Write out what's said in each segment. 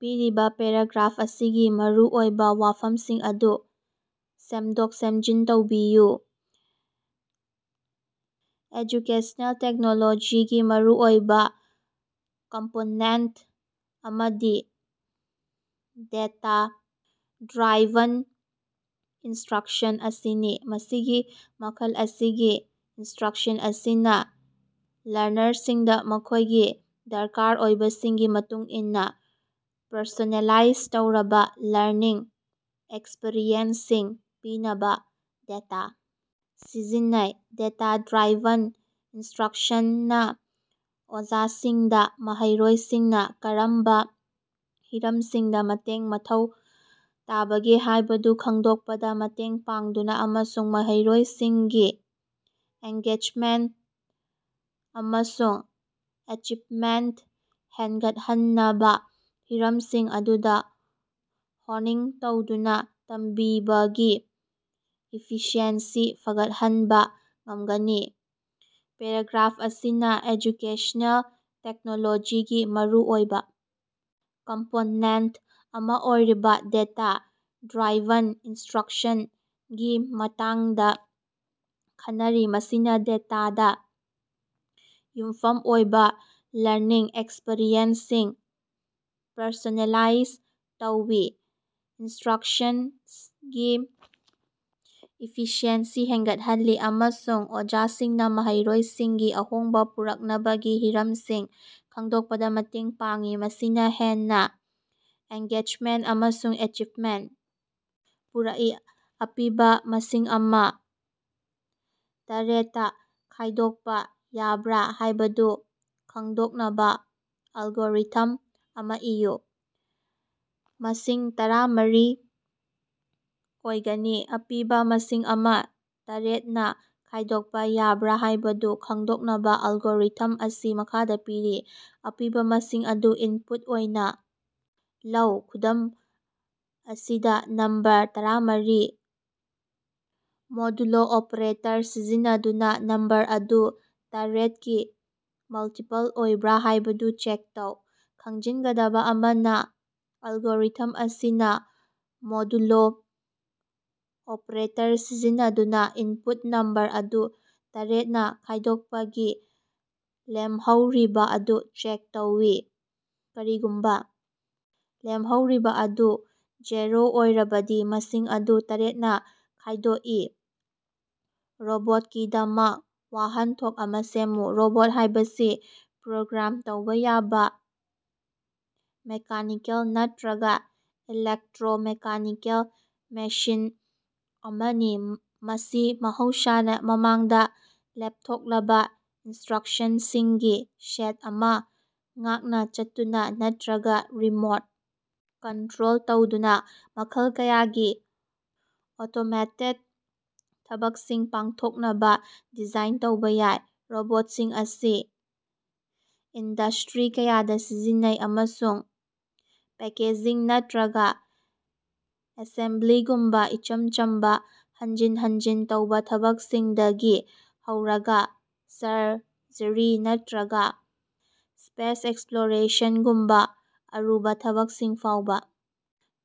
ꯄꯤꯔꯤꯕ ꯄꯦꯔꯥꯒ꯭ꯔꯥꯐ ꯑꯁꯤꯒꯤ ꯃꯔꯨꯑꯣꯏꯕ ꯋꯥꯐꯝꯁꯤꯡ ꯑꯗꯨ ꯁꯦꯝꯗꯣꯛ-ꯁꯦꯝꯖꯤꯟ ꯇꯧꯕꯤꯌꯨ꯫ ꯑꯦꯖꯨꯀꯦꯁꯅꯦꯜ ꯇꯦꯛꯅꯣꯂꯣꯖꯤꯒꯤ ꯃꯔꯨꯑꯣꯏꯕ ꯀꯝꯄꯣꯅꯦꯟꯇ ꯑꯃꯗꯤ ꯗꯦꯇꯥ-ꯗ꯭ꯔꯥꯏꯚꯟ ꯏꯟꯁꯇ꯭ꯔꯛꯁꯟ ꯑꯁꯤꯅꯤ꯫ ꯃꯁꯤꯒꯤ ꯃꯈꯜ ꯑꯁꯤꯒꯤ ꯏꯅꯁꯇ꯭ꯔꯛꯁꯟ ꯑꯁꯤꯅ ꯂꯔꯅꯔꯁꯤꯡꯗ ꯃꯈꯣꯏꯒꯤ ꯗꯔꯀꯥꯔ ꯑꯣꯏꯕꯁꯤꯡꯒꯤ ꯃꯇꯨꯡ ꯏꯟꯅ ꯄꯔꯁꯣꯅꯦꯂꯥꯏꯖ ꯇꯧꯔꯕ ꯂꯔꯅꯤꯡ ꯑꯦꯛꯁꯄꯤꯔꯤꯑꯦꯟꯁꯁꯤꯡ ꯄꯤꯅꯕ ꯗꯦꯇꯥ ꯁꯤꯖꯤꯟꯅꯩ꯫ ꯗꯦꯇꯥ-ꯗ꯭ꯔꯥꯏꯚꯟ ꯏꯟꯁꯇ꯭ꯔꯛꯁꯟꯅ ꯑꯣꯖꯥꯁꯤꯡꯗ ꯃꯍꯩꯔꯣꯏꯁꯤꯡꯅ ꯀꯔꯝꯕ ꯍꯤꯔꯝꯁꯤꯡꯗ ꯃꯇꯦꯡ ꯃꯊꯧ ꯇꯥꯕꯒꯦ ꯍꯥꯏꯕꯗꯨ ꯈꯪꯗꯣꯛꯄꯗ ꯃꯇꯦꯡ ꯄꯥꯡꯗꯨꯅ ꯑꯃꯁꯨꯡ ꯃꯍꯩꯔꯣꯏꯁꯤꯡꯒꯤ ꯑꯦꯡꯒꯦꯖꯃꯦꯟꯇ ꯑꯃꯁꯨꯡ ꯑꯦꯆꯤꯕꯃꯦꯟꯇ ꯍꯦꯟꯒꯠꯍꯟꯅꯕ ꯍꯤꯔꯝꯁꯤꯡ ꯑꯗꯨꯗ ꯍꯣꯅꯤꯡ ꯇꯧꯗꯨꯅ ꯇꯝꯕꯤꯕꯒꯤ ꯏꯐꯤꯁꯤꯑꯦꯟꯁꯤ ꯐꯒꯠꯍꯟꯕ ꯉꯝꯒꯅꯤ꯫ ꯄꯦꯔꯥꯒ꯭ꯔꯥꯐ ꯑꯁꯤꯅ ꯑꯦꯖꯨꯀꯦꯁ꯭ꯅꯦꯜ ꯇꯦꯛꯅꯣꯂꯣꯖꯤꯒꯤ ꯃꯔꯨꯑꯣꯏꯕ ꯀꯝꯄꯣꯅꯦꯟꯇ ꯑꯃ ꯑꯣꯏꯔꯤꯕ ꯗꯦꯇꯥ-ꯗ꯭ꯔꯥꯏꯚꯟ ꯏꯟꯁꯇꯔꯛꯁꯟ ꯒꯤ ꯃꯇꯥꯡꯗ ꯈꯟꯅꯔꯤ, ꯃꯁꯤꯅ ꯗꯦꯇꯥꯗ ꯌꯨꯝꯐꯝ ꯑꯣꯏꯕ ꯂꯔꯅꯤꯡ ꯑꯦꯛꯁꯄꯤꯔꯤꯑꯦꯟꯁꯁꯤꯡ ꯄꯔꯁꯣꯅꯦꯂꯥꯏꯖ ꯇꯧꯏ, ꯏꯟꯁꯇ꯭ꯔꯛꯁꯟꯒꯤ ꯏꯐꯤꯁꯤꯑꯦꯟꯁꯤ ꯍꯦꯟꯒꯠꯍꯜꯂꯤ, ꯑꯃꯁꯨꯡ ꯑꯣꯖꯥꯁꯤꯡꯅ ꯃꯍꯩꯔꯣꯏꯁꯤꯡꯒꯤ ꯑꯍꯣꯡꯕ ꯄꯨꯔꯛꯅꯕꯒꯤ ꯍꯤꯔꯝꯁꯤꯡ ꯈꯪꯗꯣꯛꯄꯗ ꯃꯇꯦꯡ ꯄꯥꯡꯏ, ꯃꯁꯤꯅ ꯍꯦꯟꯅ ꯑꯦꯡꯒꯦꯖꯃꯦꯟꯇ ꯑꯃꯁꯨꯡ ꯑꯦꯆꯤꯕꯃꯦꯟꯇ ꯄꯨꯔꯛꯏ꯫ ꯑꯄꯤꯕ ꯃꯁꯤꯡ ꯑꯃ ꯇꯔꯦꯠꯇ‌ꯥ ꯈꯥꯏꯗꯣꯛꯄ ꯌꯥꯕ꯭ꯔꯥ ꯍꯥꯏꯕꯗꯨ ꯈꯪꯗꯣꯛꯅꯕ ꯑꯦꯜꯒꯣꯔꯤꯊꯝ ꯑꯃ ꯏꯌꯨ꯫ ꯃꯁꯤꯡ ꯇꯔꯥꯃꯔꯤ ꯑꯣꯏꯒꯅꯤ, ꯑꯄꯤꯕ ꯃꯁꯤꯡ ꯑꯃ ꯇꯔꯦꯠꯅꯥ ꯈꯥꯏꯗꯣꯛꯄ ꯌꯥꯕ꯭ꯔꯥ ꯍꯥꯏꯕꯗꯨ ꯈꯪꯗꯣꯛꯅꯕ ꯑꯦꯜꯒꯣꯔꯤꯊꯝ ꯑꯁꯤ ꯃꯈꯥꯗ ꯄꯤꯔꯤ - ꯑꯄꯤꯕ ꯃꯁꯤꯡ ꯑꯗꯨ ꯏꯟꯄꯨꯠ ꯑꯣꯏꯅ ꯂꯧ꯫ ꯈꯨꯗꯝ ꯑꯁꯤꯗ, ꯅꯝꯕꯔ ꯇꯔꯥꯃꯔꯤ ꯃꯣꯗꯨꯂꯣ ꯑꯣꯄ꯭ꯔꯦꯇꯔ ꯁꯤꯖꯤꯟꯅꯗꯨꯅ ꯅꯝꯕꯔ ꯑꯗꯨ ꯇꯔꯦꯠꯀꯤ ꯃꯜꯇꯤꯄꯜ ꯑꯣꯏꯕ꯭ꯔꯥ ꯍꯥꯏꯕꯗꯨ ꯆꯦꯛ ꯇꯧ꯫ ꯈꯪꯖꯤꯟꯒꯗꯕ ꯑꯃꯅ, ꯑꯦꯜꯒꯣꯔꯤꯊꯝ ꯑꯁꯤꯅ ꯃꯣꯗꯨꯂꯣ ꯑꯣꯄ꯭ꯔꯦꯇꯔ ꯁꯤꯖꯤꯟꯅꯗꯨꯅ ꯏꯟꯄꯨꯠ ꯅꯝꯕꯔ ꯑꯗꯨ ꯇꯔꯦꯠꯅꯥ ꯈꯥꯏꯗꯣꯛꯄꯒꯤ ꯂꯦꯝꯍꯧꯔꯤꯕ ꯑꯗꯨ ꯆꯦꯛ ꯇꯧꯏ꯫ ꯀꯔꯤꯒꯨꯝꯕ ꯂꯦꯝꯍꯧꯔꯤꯕ ꯑꯗꯨ ꯖꯦꯔꯣ ꯑꯣꯏꯔꯕꯗꯤ, ꯃꯁꯤꯡ ꯑꯗꯨ ꯇꯔꯦꯠꯅꯥ ꯈꯥꯏꯗꯣꯛꯏ꯫ ꯔꯣꯕꯣꯠꯀꯤꯗꯃꯛ ꯋꯥꯍꯟꯊꯣꯛ ꯑꯃ‌ ꯁꯦꯝꯃꯨ꯫ ꯔꯣꯕꯣꯠ ꯍꯥꯏꯕꯁꯤ ꯄ꯭ꯔꯣꯒ꯭ꯔꯥꯝ ꯇꯧꯕ ꯌꯥꯕ ꯃꯦꯀꯥꯅꯤꯀꯦꯜ ꯅꯠꯇꯔꯒ ꯏꯂꯦꯛꯇꯔꯣ-ꯃꯦꯀꯥꯅꯤꯀꯦꯜ ꯃꯦꯁꯤꯟ ꯑꯃꯅꯤ, ꯃꯁꯤ ꯃꯍꯧꯁꯥꯅ ꯃꯃꯥꯡꯗ ꯂꯦꯞꯊꯣꯛꯂꯕ ꯏꯟꯁꯇ꯭ꯔꯛꯁꯁꯤꯡꯒꯤ ꯁꯦꯠ ꯑꯃ ꯉꯥꯛꯅ ꯆꯠꯇꯨꯅ ꯅꯠꯇꯔꯒ ꯔꯤꯃꯣꯠ ꯀꯟꯇꯔꯣꯜ ꯇꯧꯗꯨꯅ ꯃꯈꯜ ꯀꯌꯥꯒꯤ ꯑꯣꯇꯣꯃꯦꯇꯦꯗ ꯊꯕꯛꯁꯤꯡ ꯄꯥꯡꯊꯣꯛꯅꯕ ꯗꯤꯖꯥꯏꯟ ꯇꯧꯕ ꯌꯥꯏ꯫ ꯔꯣꯕꯣꯠꯁꯤꯡ ꯑꯁꯤ ꯏꯟꯗ꯭ꯁꯇꯔꯤ ꯀꯌꯥꯗ ꯁꯤꯖꯤꯟꯅꯩ ꯑꯃꯁꯨꯡ ꯄꯦꯀꯦꯖꯤꯡ ꯅꯠꯇꯔꯒ ꯑꯦꯁꯦꯝꯕ꯭ꯂꯤꯒꯨꯝꯕ ꯏꯆꯝ ꯆꯝꯕ ꯍꯟꯖꯤꯟ ꯍꯟꯖꯤꯟ ꯇꯧꯕ ꯊꯕꯛꯁꯤꯡꯗꯒꯤ ꯍꯧꯔꯒ ꯁꯔꯖꯔꯤ ꯅꯠꯇꯔꯒ ꯁ꯭ꯄꯦꯁ ꯑꯦꯛꯁꯄ꯭ꯂꯣꯔꯦꯁꯟꯒꯨꯝꯕ ꯑꯔꯨꯕ ꯊꯕꯛꯁꯤꯡ ꯐꯥꯎꯕ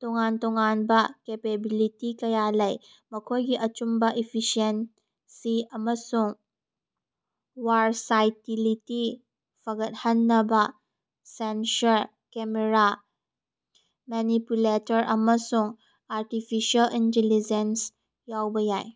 ꯇꯣꯉꯥꯟ ꯇꯣꯉꯥꯟꯕ ꯀꯦꯄꯦꯕꯤꯂꯤꯇꯤ ꯀꯌꯥ ꯂꯩ꯫ ꯃꯈꯣꯏꯒꯤ ꯑꯆꯨꯝꯕ, ꯏꯐꯤꯁꯤꯑꯦꯟꯁꯤ ꯑꯃꯁꯨꯡ ꯋꯥꯔꯁꯥꯏꯇꯤꯂꯤꯇꯤ ꯐꯒꯠꯍꯟꯅꯕ ꯁꯦꯟꯁꯔ, ꯀꯦꯃꯦꯔꯥ, ꯃꯦꯅꯤꯄꯨꯂꯦꯇꯔ, ꯑꯃꯁꯨꯡ ꯑꯥꯔꯇꯤꯐꯤꯁꯤꯑꯦꯜ ꯏꯟꯇꯤꯂꯤꯖꯦꯟꯁ ꯌꯥꯎꯕ ꯌꯥꯏ꯫